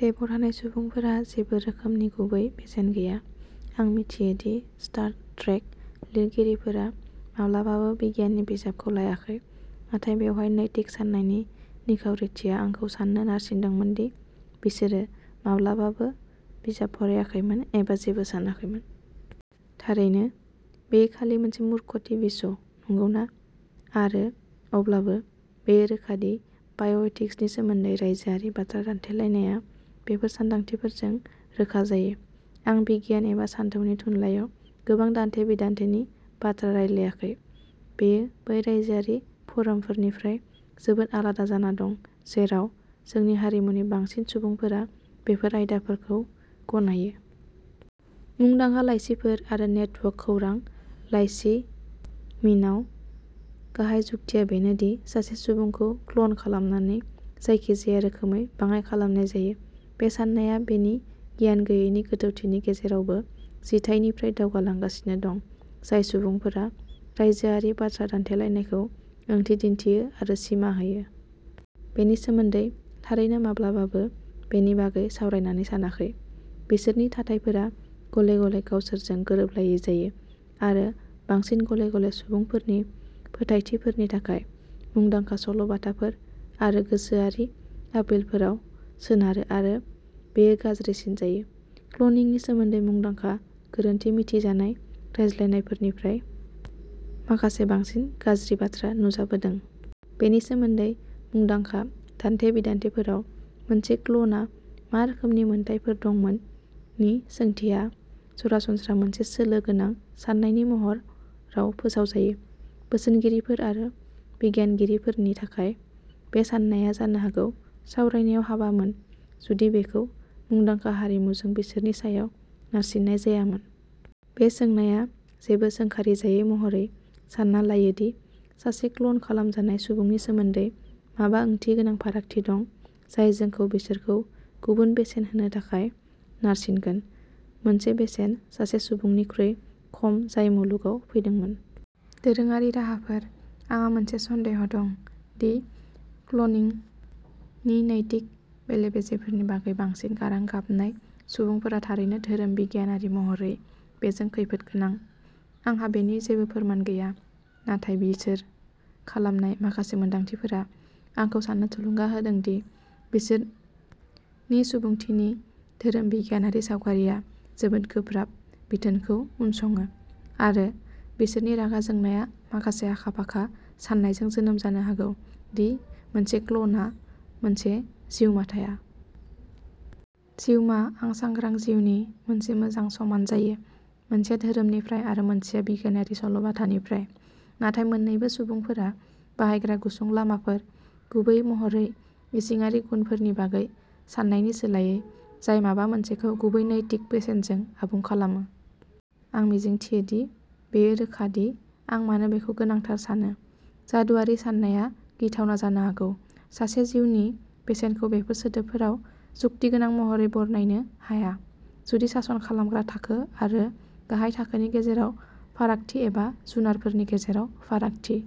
लेबआव थानाय सुबुंफोरहा जेबो रोखोमनि गुबै बेसेन गैया। आं मिथियो दि स्टार ट्रेक लिरगिरिफोरा माब्लाबाबो बिगियाननि बिजाबखौ लायाखै, नाथाय बेवहाय नैतिक साननायनि निखावरिथिया आंखौ साननो नारसिनदोंमोन दि बिसोरो माब्लाबाबो बिजाब फरायाखैमोन एबा जेबो सानाखैमोन। थारैनो, बेयो खालि मोनसे मूर्ख टिभि श'। नंगौना? आरो अब्लाबो, बेयो रोखा दि बाय' एथिक्सनि सोमोन्दै रायजोआरि बाथ्रा दान्थेलायनाया बेफोर सानदांथिफोरजों रोखा जायो। आं बिगियान एबा सानथौनि थुनलाइयाव गोबां दान्थे-बिदान्थेनि बाथ्रा रायलायाखै। बेयो बै रायजोआरि फोरमफोरनिफ्राय जोबोद आलादा जाना दं जेराव जोंनि हारिमुनि बांसिन सुबुंफोरा बेफोर आयदाफोरखौ गनायो। मुंदांखा लाइसिफोर आरो नेटवर्क खौरां लाइसिमिनआव, गाहाय जुक्तिआ बेनो दि सासे सुबुंखौ क्ल'न खालामनानै जायखिजाया रोखोमै बाङाइ खालामनाय जायो। बे साननाया बेनि गियान गैयैनि गोथौथिनि गेजेरावबो जिथाइनिफ्राय दावगालांगासिनो दं। जाय सुबुंफोरा रायजोआरि बाथ्रा दान्थेलायनायखौ ओंथि दिन्थियो आरो सिमा होयो। बेनि सोमोन्दै थारैनो माब्लाबाबो बेनि बागै सावरायनानै सानाखै। बिसोरनि थाथाइफोरा गले-गले गावसोरजों गोरोबलायै जायो आरो बांसिन गले-गले सुबुंफोरनि फोथायथिफोरनि थाखाय मुंदांखा सल' बाथाफोर आरो गोसोआरि आपिलफोराव सोनारो आरो बेयो गाज्रिसिन जायो। क्ल'निंनि सोमोन्दै मुंदांखा, गोरोन्थि मिथिजानाय रायज्लायनायनिफ्राय माखासे बांसिन गाज्रि बाथ्रा नुजाबोदों। बेनि सोमोन्दै मुंदांखा दान्थे-बिदान्थेफोराव मोनसे क्ल'नआ मा रोखोमनि मोनथायफोर दंमोन नि सोंथिया सरासनस्रा मोनसे सोलो गोनां साननायनि महराव फोसावजायो। बोसोनगिरिफोर आरो बिगियानगिरिफोरनि थाखाय, बे साननाया जानो हागौ सावरायनायाव हाबामोन जुदि बेखौ मुंदांखा हारिमुजों बिसोरनि सायाव नारसिन्नाय जायामोन। बे सोंनाया जेबो सोंखारिजायै महरै, सान्ना लायो दि सासे क्ल'न खालामजानाय सुबुंनि सोमोन्दै माबा ओंथिगोनां फारागथि दं जाय जोंखौ बिसोरखौ गुबुन बेसेन होनो थाखाय नारसिनगोन। मोनसे बेसेन, सासे सुबुंनिख्रुइ खम जाय मुलुगाव फैदोंमोन। दोरोङारि राहाफोर। आंहा मोनसे सन्देह दं, दि क्लनिंनि नैतिक बेले-बेजेफोरनि बागै बांसिन गारां गाबनाय सुबुंफोरा थारैनो धोरोम बिगियानारि महरै बेजों खैफोद गोनां। आंहा बेनि जेबो फोरमान गैया। नाथाय बिसोर खालामनाय माखासे मोनदांथिफोरा आंखौ साननो थुलुंगा होदों दि बिसोरनि सुबुंथि नि धोरोम बिगियानारि सावगारिआ जोबोद गोब्राब बिथोनखौ उनसङो आरो बिसोरनि रागा जोंनाया माखासे आखा-फाखा साननायजों जोनोम जानो हागौ दि मोनसे क्ल'नआ मोनसे जिउमा थाया। जिउमा आ सांग्रां जिउ नि मोनसे मोजां समान जायो। मोनसेया धोरोमनिफ्राय आरो मोनसेया बिगियानारि सल' बाथानिफ्राय, नाथाय मोन्नैबो सुबुंफोरा बाहायग्रा गुसुं लामाफोर, गुबै महरै इसिङारि गुनफोरनि बागै साननायनि सोलायै जाय माबा मोनसेखौ गुबै नैतिक बेसेनजों आबुं खालामो। आं मिजिंथियो दि बेयो रोखा दि आं मानो बेखौ गोनांथार सानो। जादुआरि साननाया गिथावना जानो हागौ। सासे जिउनि बेसेनखौ बेफोर सोदोबफोराव जुक्तिगोनां महरै बरनायनो हाया। जुदि सासन खालामग्रा थाखो आरो गाहाय थाखोनि गेजेराव फारागथि एबा जुनारफोरनि गेजेराव फारागथि।